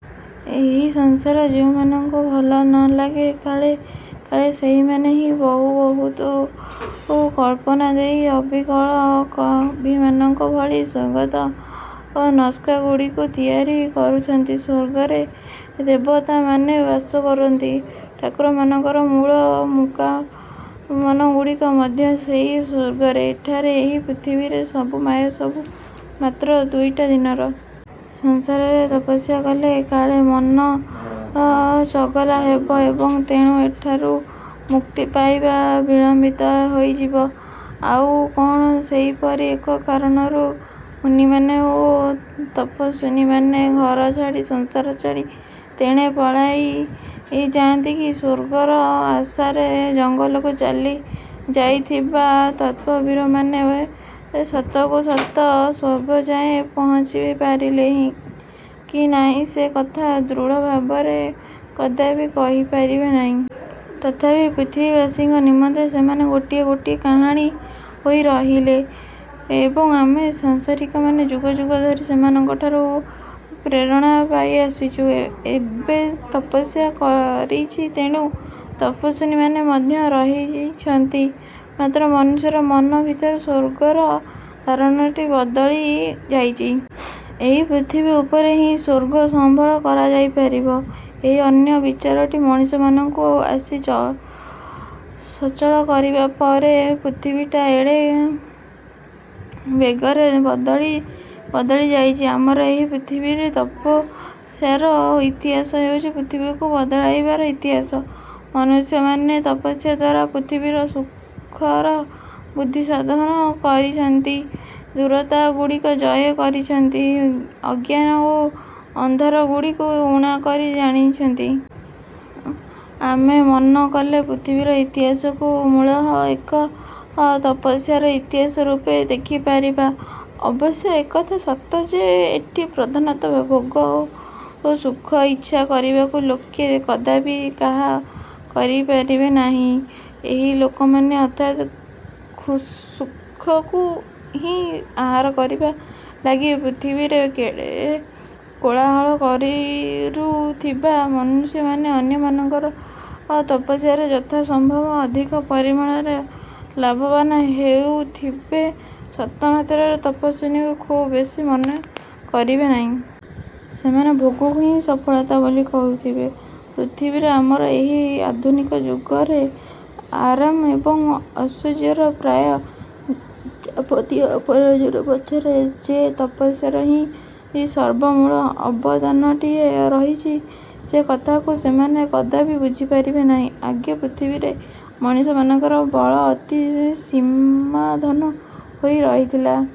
ଏହି ସଂସାର ଯେଉଁମାନଙ୍କୁ ଭଲ ନଲାଗେ କାଳେ କାଳେ ସେହିମାନେ ହିଁ ବହୁ ବୃହତ୍ କଳ୍ପନା ଦେଇ ଅବିକଳ କବିମାନଙ୍କ ଭଳି ସ୍ୱର୍ଗର ନସ୍କାଗୁଡ଼ିକୁ ତିଆରି କରିଛନ୍ତି। ସ୍ୱର୍ଗରେ ଦେବତାମାନେ ବାସ କରନ୍ତି। ଠାକୁରମାନଙ୍କର ମୂଳ ମୁକାମନଗୁଡ଼ିକ ମଧ୍ୟ ସେଇ ସ୍ଵର୍ଗରେ। ଏଠାରେ ଏହି ପୃଥିବୀରେ ସବୁ ମାୟା, ସବୁ ମାତ୍ର ଦୁଇଟା ଦିନର। ସଂସାରରେ ତପସ୍ୟା କଲେ କାଳେ ମନ ଚଗଲା ହେବ ଏବଂ ତେଣୁ ଏଠାରୁ ମୁକ୍ତି ପାଇବା ବିଳମ୍ବିତ ହୋଇଯିବ, ଆଉ କଣ ସେହିପରି ଏକ କାରଣରୁ ମୁନିମାନେ ଓ ତପସ୍ୱୀମାନେ ଘରଛାଡ଼ି ସଂସାର ଛାଡ଼ି ତେଣେ ପଳାଇ ଯାଆନ୍ତି କି? ସ୍ଵର୍ଗର ଆଶାରେ ଜଙ୍ଗଲକୁ ଚାଲି ଯାଇଥିବା ତପଃବୀରମାନେ ସତକୁ ସତ ସ୍ୱର୍ଗ ଯାଏ ପହଞ୍ଚିପାରିଲେ ହିଁ କି ନାହିଁ ସେ କଥା ଦୃଢ଼ ଭାବରେ କଦାପି କହିପାରିବେ ନାହିଁ। ତଥାପି ପୃଥିବୀବାସୀଙ୍କ ନିମନ୍ତେ ସେମାନେ ଗୋଟିଏ ଗୋଟିଏ କାହାଣୀ ହୋଇ ରହିଲେ। ଏବଂ ଆମେ ସଂସାରୀକମାନେ ଯୁଗ ଯୁଗ ଧରି ସେମାନଙ୍କଠାରୁ ପ୍ରେରଣା ପାଇଆସିଛୁ। ଏବେ ତପସ୍ୟା କରିଛି, ତେଣୁ ତପସ୍ୱୀମାନେ ମଧ୍ୟ ରହିଛନ୍ତି। ମାତ୍ର ମନୁଷ୍ୟର ମନ ଭିତରେ ସ୍ଵର୍ଗର ଧାରଣାଟି ବଦଳି ଯାଇଛି। ଏହି ପୃଥିବୀ ଉପରେ ହିଁ ସ୍ଵର୍ଗ ସମ୍ଭବ କରାଯାଇପାରିବ। ଏହି ଅନ୍ୟ ବିଚାରଟି ମଣିଷମାନଙ୍କୁ ଆସି ସଚଳ କରିବା ପରେ ପୃଥିବୀଟା ଏଡ଼େ ବେଗରେ ବଦଳି ବଦଳି ଯାଇଛି। ଆମର ଏହି ପୃଥିବୀରେ ତପସ୍ୟାର ଇତିହାସ ହେଉଛି ପୃଥିବୀକୁ ବଦଳାଇବାରେ ଇତିହାସ। ମନୁଷ୍ୟମାନେ ତପସ୍ୟା ଦ୍ୱାରା ପୃଥିବୀରେ ସୁଖର ବୃଦ୍ଧିସାଧନ କରିଛନ୍ତି, ଦୂରତାଗୁଡ଼ିକ ଜୟ କରିଛନ୍ତି, ଅଜ୍ଞାନ ଓ ଅନ୍ଧାରଗୁଡ଼ିକୁ ଉଣା କରି ଆଣିଛନ୍ତି। ଆମେ ମନ କଲେ ପୃଥିବୀର ଇତିହାସକୁ ମୂଳହ ଏକ ତପସ୍ୟାର ଇତିହାସ ରୂପେ ଦେଖିପାରିବା। ଅବଶ୍ୟ ଏକଥା ସତ ଯେ ଏଠି ପ୍ରଧାନତଃ ଭୋଗ ଓ ସୁଖ ଇଚ୍ଛା କରିବାକୁ ଲୋକେ କଦାପି ତାହା କରିବାକୁ ନାହିଁ। ଏହି ଲୋକମାନେ ଅର୍ଥାତ୍ ସୁଖକୁ ହିଁ ଆହାର କରିବା ଲାଗି ପୃଥିବୀରେ କେଡ଼େ କୋଳାହଳ କରୁଥିବା ମନୁଷ୍ୟମାନେ ଅନ୍ୟମାନଙ୍କର ତପସ୍ୟାରେ ଯଥାସମ୍ଭବ ଅଧିକ ପରିମାଣରେ ଲାଭବାନ ହେଉଥିବେ ସତ, ମାତ୍ର ତପସ୍ୟାକୁ ଖୁବ୍ ବେଶୀ ମନ କରିବେ ନାହିଁ। ସେମାନେ ଭୋଗକୁ ହିଁ ସଫଳତା ବୋଲି କହୁଥିବେ। ପୃଥିବୀରେ ଆମର ଏହି ଆଧୁନିକ ଯୁଗରେ ଆରାମ ଏବଂ ଐଶ୍ୱର୍ଯ୍ୟର ପ୍ରାୟ ଯାବତୀୟ ଆୟୋଜନ ପଛରେ ଯେ ତପସ୍ୟାର ହିଁ ସର୍ବମୂଳ ଅବଦାନଟିଏ ରହିଛି, ସେ କଥାଟିକୁ ସେମାନେ କଦାପି ବୁଝିପାରିବେ ନାହିଁ। ଆଗେ ପୃଥିବୀରେ ମଣିଷମାନଙ୍କର ବଳ ଅତି ସୀମାବଦ୍ଧ ହୋଇ ରହିଥିଲା।